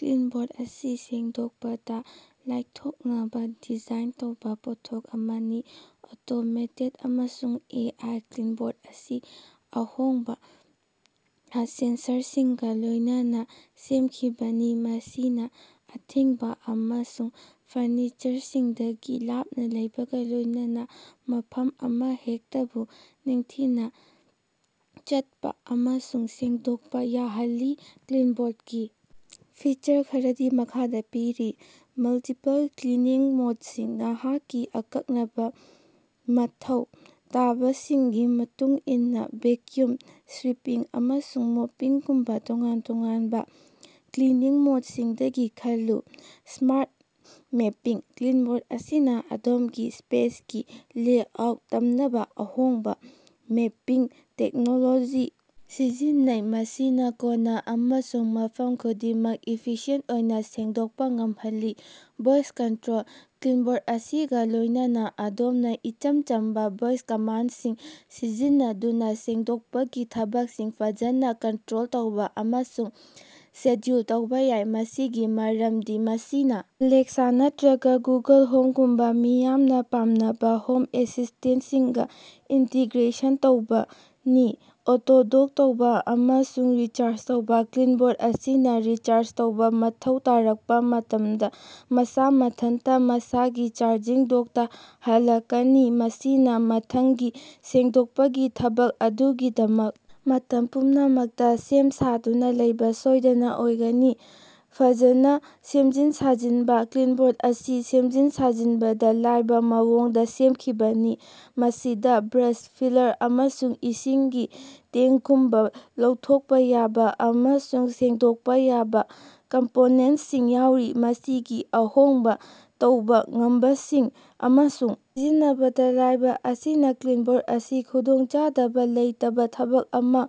ꯀ꯭ꯂꯤꯟꯕꯣꯠ ꯑꯁꯤ ꯁꯦꯡꯗꯣꯛꯄꯗ ꯂꯥꯏꯊꯣꯛꯅꯕ ꯗꯤꯖꯥꯏꯟ ꯇꯧꯕ ꯄꯣꯠꯊꯣꯛ ꯑꯃꯅꯤ꯫ ꯑꯣꯇꯣꯃꯦꯇꯦꯗ ꯑꯃꯁꯨꯡ ꯑꯦ. ꯑꯥꯏ. ꯀ꯭ꯂꯤꯟꯕꯣꯠ ꯑꯁꯤ ꯑꯍꯣꯡꯕ ꯁꯦꯟꯁꯔꯁꯤꯡꯒ ꯂꯣꯏꯅꯅ ꯁꯦꯝꯈꯤꯕꯅꯤ꯫ ꯃꯁꯤꯅ ꯑꯊꯤꯡꯕ ꯑꯃꯁꯨꯡ ꯐꯔꯅꯤꯆꯔꯁꯤꯡꯗꯒꯤ ꯂꯥꯞꯅ ꯂꯩꯕꯒ ꯂꯣꯏꯅꯅ ꯃꯐꯝ ꯑꯃꯍꯦꯛꯇꯕꯨ ꯅꯤꯡꯊꯤꯅ ꯆꯠꯄ ꯑꯃꯁꯨꯡ ꯁꯦꯡꯗꯣꯛꯄ ꯌꯥꯍꯜꯂꯤ꯫ ꯀ꯭ꯂꯤꯟꯕꯣꯠꯀꯤ ꯐꯤꯆꯔ ꯈꯔꯗꯤ ꯃꯈꯥꯗ ꯄꯤꯔꯤ: ꯃꯜꯇꯤꯄꯜ ꯀ꯭ꯂꯤꯅꯤꯡ ꯃꯣꯗꯁꯤꯡ: ꯅꯍꯥꯛꯀꯤ ꯑꯀꯛꯅꯕ ꯃꯊꯧ ꯇꯥꯕꯁꯤꯡꯒꯤ ꯃꯇꯨꯡ ꯏꯟꯅ- ꯚꯦꯀ꯭ꯌꯨꯝ, ꯁ꯭ꯋꯤꯄꯤꯡ, ꯑꯃꯁꯨꯡ ꯃꯣꯄꯤꯡꯒꯨꯝꯕ ꯇꯣꯉꯥꯟ ꯇꯣꯉꯥꯟꯕ ꯀ꯭ꯂꯤꯅꯤꯡ ꯃꯣꯗꯁꯤꯡꯗꯒꯤ ꯈꯜꯂꯨ꯫ ꯁ꯭ꯃꯥꯔꯠ ꯃꯦꯄꯤꯡ: ꯀ꯭ꯂꯤꯟꯕꯣꯠ ꯑꯁꯤꯅ ꯑꯗꯣꯝꯒꯤ ꯁ꯭ꯄꯦꯁꯀꯤ ꯂꯦꯑꯥꯎꯠ ꯇꯝꯅꯕ ꯑꯍꯣꯡꯕ ꯃꯦꯄꯤꯡ ꯇꯦꯛꯅꯣꯂꯣꯖꯤ ꯁꯤꯖꯤꯟꯅꯩ꯫ ꯃꯁꯤꯅ ꯀꯣꯟꯅ ꯑꯃꯁꯨꯡ ꯃꯐꯝ ꯈꯨꯗꯤꯡꯃꯛ ꯏꯐꯤꯁꯤꯌꯦꯟꯇ ꯑꯣꯏꯅ ꯁꯦꯡꯗꯣꯛꯄ ꯉꯝꯍꯜꯂꯤ꯫ ꯚꯣꯏꯁ ꯀꯟꯇ꯭ꯔꯣꯜ: ꯀ꯭ꯂꯤꯟꯕꯣꯠ ꯑꯁꯤꯒ ꯂꯣꯏꯅꯅ ꯑꯗꯣꯝꯅ ꯏꯆꯝ ꯆꯝꯕ ꯚꯣꯏꯁ ꯀꯃꯥꯟꯗꯁꯤꯡ ꯁꯤꯖꯤꯟꯅꯗꯨꯅ ꯁꯦꯡꯗꯣꯛꯄꯒꯤ ꯊꯕꯛꯁꯤꯡ ꯐꯖꯟꯅ ꯀꯟꯇ꯭ꯔꯣꯜ ꯇꯧꯕ ꯑꯃꯁꯨꯡ ꯁꯦꯗ꯭ꯌꯨꯜ ꯇꯧꯕ ꯌꯥꯏ꯫ ꯃꯁꯤꯒꯤ ꯃꯔꯝꯗꯤ ꯃꯁꯤꯅ ꯑꯦꯂꯦꯛꯁꯥ ꯅꯠꯇ꯭ꯔꯒ ꯒꯨꯒꯜ ꯍꯣꯝꯒꯨꯝꯕ ꯃꯤꯌꯥꯝꯅ ꯄꯥꯝꯅꯕ ꯍꯣꯝ ꯑꯦꯁꯤꯁ꯭ꯇꯦꯟꯇꯁꯤꯡꯒ ꯏꯟꯇꯤꯒ꯭ꯔꯦꯁꯟ ꯇꯧꯕꯅꯤ꯫ ꯑꯣꯇꯣ-ꯗꯣꯛ ꯇꯧꯕ ꯑꯃꯁꯨꯡ ꯔꯤꯆꯥꯔꯖ ꯇꯧꯕ: ꯀ꯭ꯂꯤꯟꯕꯣꯠ ꯑꯁꯤꯅ ꯔꯤꯆꯥꯔꯖ ꯇꯧꯕ ꯃꯊꯧ ꯇꯥꯔꯛꯄ ꯃꯇꯝꯗ ꯃꯁꯥ ꯃꯊꯟꯇ ꯃꯁꯥꯒꯤ ꯆꯥꯔꯖꯤꯡ ꯗꯣꯛꯇ ꯍꯜꯂꯛꯀꯅꯤ꯫ ꯃꯁꯤꯅ ꯃꯊꯪꯒꯤ ꯁꯦꯡꯗꯣꯛꯄꯒꯤ ꯊꯕꯛ ꯑꯗꯨꯒꯤꯗꯃꯛ ꯃꯇꯝ ꯄꯨꯝꯅꯃꯛꯇ ꯁꯦꯝ ꯁꯥꯗꯨꯅ ꯂꯩꯕ ꯁꯣꯏꯗꯅ ꯑꯣꯏꯒꯅꯤ꯫ ꯐꯖꯟꯅ ꯁꯦꯝꯖꯤꯟ-ꯁꯥꯖꯤꯟꯕ: ꯀ꯭ꯂꯤꯟꯕꯣꯠ ꯑꯁꯤ ꯁꯦꯝꯖꯤꯟ-ꯁꯥꯖꯤꯟꯕꯗ ꯂꯥꯏꯕ ꯃꯑꯣꯡꯗ ꯁꯦꯝꯈꯤꯕꯅꯤ꯫ ꯃꯁꯤꯗ ꯕ꯭ꯔꯁ, ꯐꯤꯜꯇꯔ, ꯑꯃꯁꯨꯡ ꯏꯁꯤꯡꯒꯤ ꯇꯦꯡꯀꯒꯨꯝꯕ ꯂꯧꯊꯣꯛꯄ ꯌꯥꯕ ꯑꯃꯁꯨꯡ ꯁꯦꯡꯗꯣꯛꯄ ꯌꯥꯕ ꯀꯝꯄꯣꯅꯦꯟꯇꯁꯤꯡ ꯌꯥꯎꯔꯤ꯫ ꯃꯁꯤꯒꯤ ꯑꯍꯣꯡꯕ ꯇꯧꯕ ꯉꯝꯕꯁꯤꯡ ꯑꯃꯁꯨꯡ ꯁꯤꯖꯤꯟꯅꯕꯗ ꯂꯥꯏꯕ ꯑꯁꯤꯅ ꯀ꯭ꯂꯤꯟꯕꯣꯠ ꯑꯁꯤ ꯈꯨꯗꯣꯡꯆꯥꯗꯕ ꯂꯩꯇꯕ ꯊꯕꯛ ꯑꯃꯥ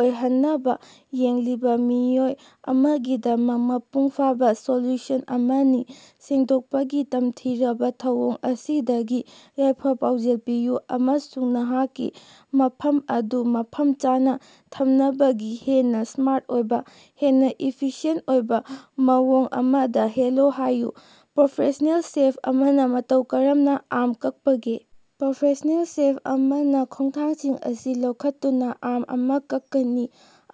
ꯑꯣꯏꯍꯟꯅꯕ ꯌꯦꯡꯂꯤꯕ ꯃꯤꯑꯣꯏ ꯑꯃꯒꯤꯗꯃꯛ ꯃꯄꯨꯡ ꯐꯥꯕ ꯁꯣꯂꯨꯁꯟ ꯑꯃꯅꯤ꯫ ꯁꯦꯡꯗꯣꯛꯄꯒꯤ ꯇꯝꯊꯤꯔꯕ ꯊꯧꯑꯣꯡ ꯑꯁꯤꯗꯒꯤ ꯌꯥꯏꯐ-ꯄꯥꯎꯖꯦꯜ ꯄꯤꯌꯨ ꯑꯃꯁꯨꯡ ꯅꯍꯥꯛꯀꯤ ꯃꯐꯝ ꯑꯗꯨ ꯃꯐꯝ ꯆꯥꯅ ꯊꯝꯅꯕꯒꯤ ꯍꯦꯟꯅ ꯁ꯭ꯃꯥꯔꯠ ꯑꯣꯏꯕ, ꯍꯦꯟꯅ ꯏꯐꯤꯁꯤꯌꯦꯟꯇ ꯑꯣꯏꯕ ꯃꯑꯣꯡ ꯑꯃꯗ ꯍꯦꯂꯣ ꯍꯥꯏꯌꯨ꯫ ꯄ꯭ꯔꯣꯐꯦꯁ꯭ꯅꯦꯜ ꯆꯦꯐ ꯑꯃꯅ ꯃꯇꯧ ꯀꯔꯝꯅ ꯑꯥꯝ ꯀꯛꯄꯒꯦ? ꯄ꯭ꯔꯣꯐꯦꯁ꯭ꯅꯦꯜ ꯆꯦꯐ ꯑꯃꯅ ꯈꯣꯡꯊꯥꯡꯁꯤꯡ ꯑꯁꯤ ꯂꯧꯈꯠꯇꯨꯅ ꯑꯥꯝ ꯑꯃꯥ ꯀꯛꯊꯠꯀꯅꯤ꯫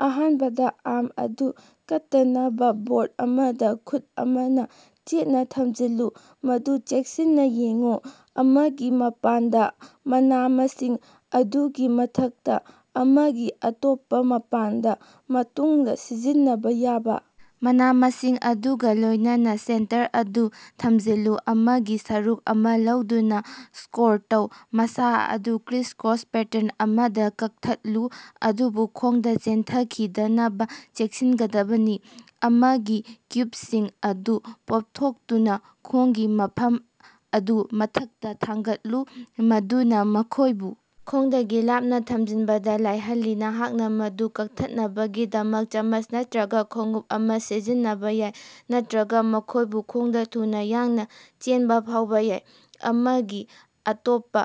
ꯑꯍꯥꯟꯕꯗ ꯑꯥꯝ ꯑꯗꯨ ꯀꯠꯇꯅꯕ ꯕꯣꯔꯗ ꯑꯃꯗ ꯈꯨꯠ ꯑꯃꯅ ꯆꯦꯠꯅ ꯊꯝꯖꯤꯜꯂꯨ꯫ ꯃꯗꯨ ꯆꯦꯛꯁꯤꯟꯅ ꯌꯦꯡꯎ, ꯑꯃꯒꯤ ꯃꯄꯥꯟꯗ, ꯃꯅꯥ-ꯃꯁꯤꯡ ꯑꯗꯨꯒꯤ ꯃꯊꯛꯇ꯫ ꯑꯃꯒꯤ ꯑꯇꯣꯞꯄ ꯃꯄꯥꯟꯗ, ꯃꯇꯨꯡꯗ ꯁꯤꯖꯤꯟꯅꯕ ꯌꯥꯕ ꯃꯅꯥ-ꯃꯁꯤꯡ ꯑꯗꯨꯒ ꯂꯣꯏꯅꯅ ꯁꯦꯟꯇꯔ ꯑꯗꯨ ꯊꯝꯖꯤꯜꯂꯨ꯫ ꯑꯃꯒꯤ ꯁꯔꯨꯛ ꯑꯃꯥ ꯂꯧꯗꯨꯅ ꯁ꯭ꯀꯣꯔ ꯇꯧ, ꯃꯁꯥ ꯑꯗꯨ ꯀ꯭ꯔꯤꯁ-ꯀ꯭ꯔꯣꯁ ꯄꯦꯇꯔꯟ ꯑꯃꯗ ꯀꯛꯊꯠꯂꯨ ꯑꯗꯨꯕꯨ ꯈꯣꯡꯗ ꯆꯦꯟꯊꯈꯤꯗꯅꯕ ꯆꯦꯛꯁꯤꯟꯒꯗꯕꯅꯤ꯫ ꯑꯃꯒꯤ ꯀ꯭ꯌꯨꯕꯁꯤꯡ ꯑꯗꯨ ꯄꯣꯞꯊꯣꯛꯇꯨꯅ ꯈꯣꯡꯒꯤ ꯃꯐꯝ ꯑꯗꯨ ꯃꯊꯛꯇ ꯊꯥꯡꯒꯠꯂꯨ꯫ ꯃꯗꯨꯅ ꯃꯈꯣꯏꯕꯨ ꯈꯣꯡꯗꯒꯤ ꯂꯥꯞꯅ ꯊꯝꯖꯤꯟꯕꯗ ꯂꯥꯏꯍꯜꯂꯤ꯫ ꯅꯍꯥꯛꯅ ꯃꯗꯨ ꯀꯛꯊꯠꯅꯕꯒꯤꯗꯃꯛ ꯆꯃꯆ ꯅꯠꯇ꯭ꯔꯒ ꯈꯣꯡꯎꯞ ꯑꯃꯥ ꯁꯤꯖꯤꯟꯅꯕ ꯌꯥꯏ ꯅꯠꯇ꯭ꯔꯒ ꯃꯈꯣꯏꯕꯨ ꯈꯣꯡꯗꯥ ꯊꯨꯅ ꯌꯥꯡꯅ ꯆꯦꯟꯕ ꯐꯥꯎꯕ ꯌꯥꯏ꯫ ꯑꯃꯒꯤ ꯑꯇꯣꯞꯄ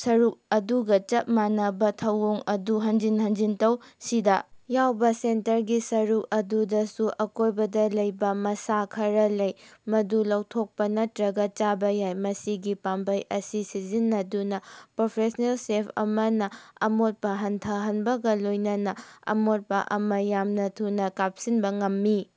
ꯁꯔꯨꯛ ꯑꯗꯨꯒ ꯆꯞ ꯃꯥꯟꯅꯕ ꯊꯧꯑꯣꯡ ꯑꯗꯨ ꯍꯟꯖꯤꯟ ꯍꯟꯖꯤꯟ ꯇꯧ꯫ ꯁꯤꯗ ꯌꯥꯎꯕ ꯁꯦꯟꯇꯔꯒꯤ ꯁꯔꯨꯛ ꯑꯗꯨꯗꯁꯨ ꯑꯀꯣꯏꯕꯗ ꯂꯩꯕ ꯃꯁꯥ ꯈꯔ ꯂꯩ, ꯃꯗꯨ ꯂꯧꯊꯣꯛꯄ ꯅꯠꯇ꯭ꯔꯒ ꯆꯥꯕ ꯌꯥꯏ꯫ ꯃꯁꯤꯒꯤ ꯄꯥꯝꯕꯩ ꯑꯁꯤ ꯁꯤꯖꯤꯟꯅꯗꯨꯅ ꯄ꯭ꯔꯣꯐꯦꯁ꯭ꯅꯦꯜ ꯆꯦꯐ ꯑꯃꯅ ꯑꯃꯣꯠꯄ ꯍꯟꯊꯍꯟꯕꯒ ꯂꯣꯏꯅꯅ ꯑꯃꯣꯠꯄ ꯑꯃꯥ ꯌꯥꯝꯅ ꯊꯨꯅ ꯀꯥꯞꯁꯤꯟꯕ ꯉꯝꯃꯤ꯫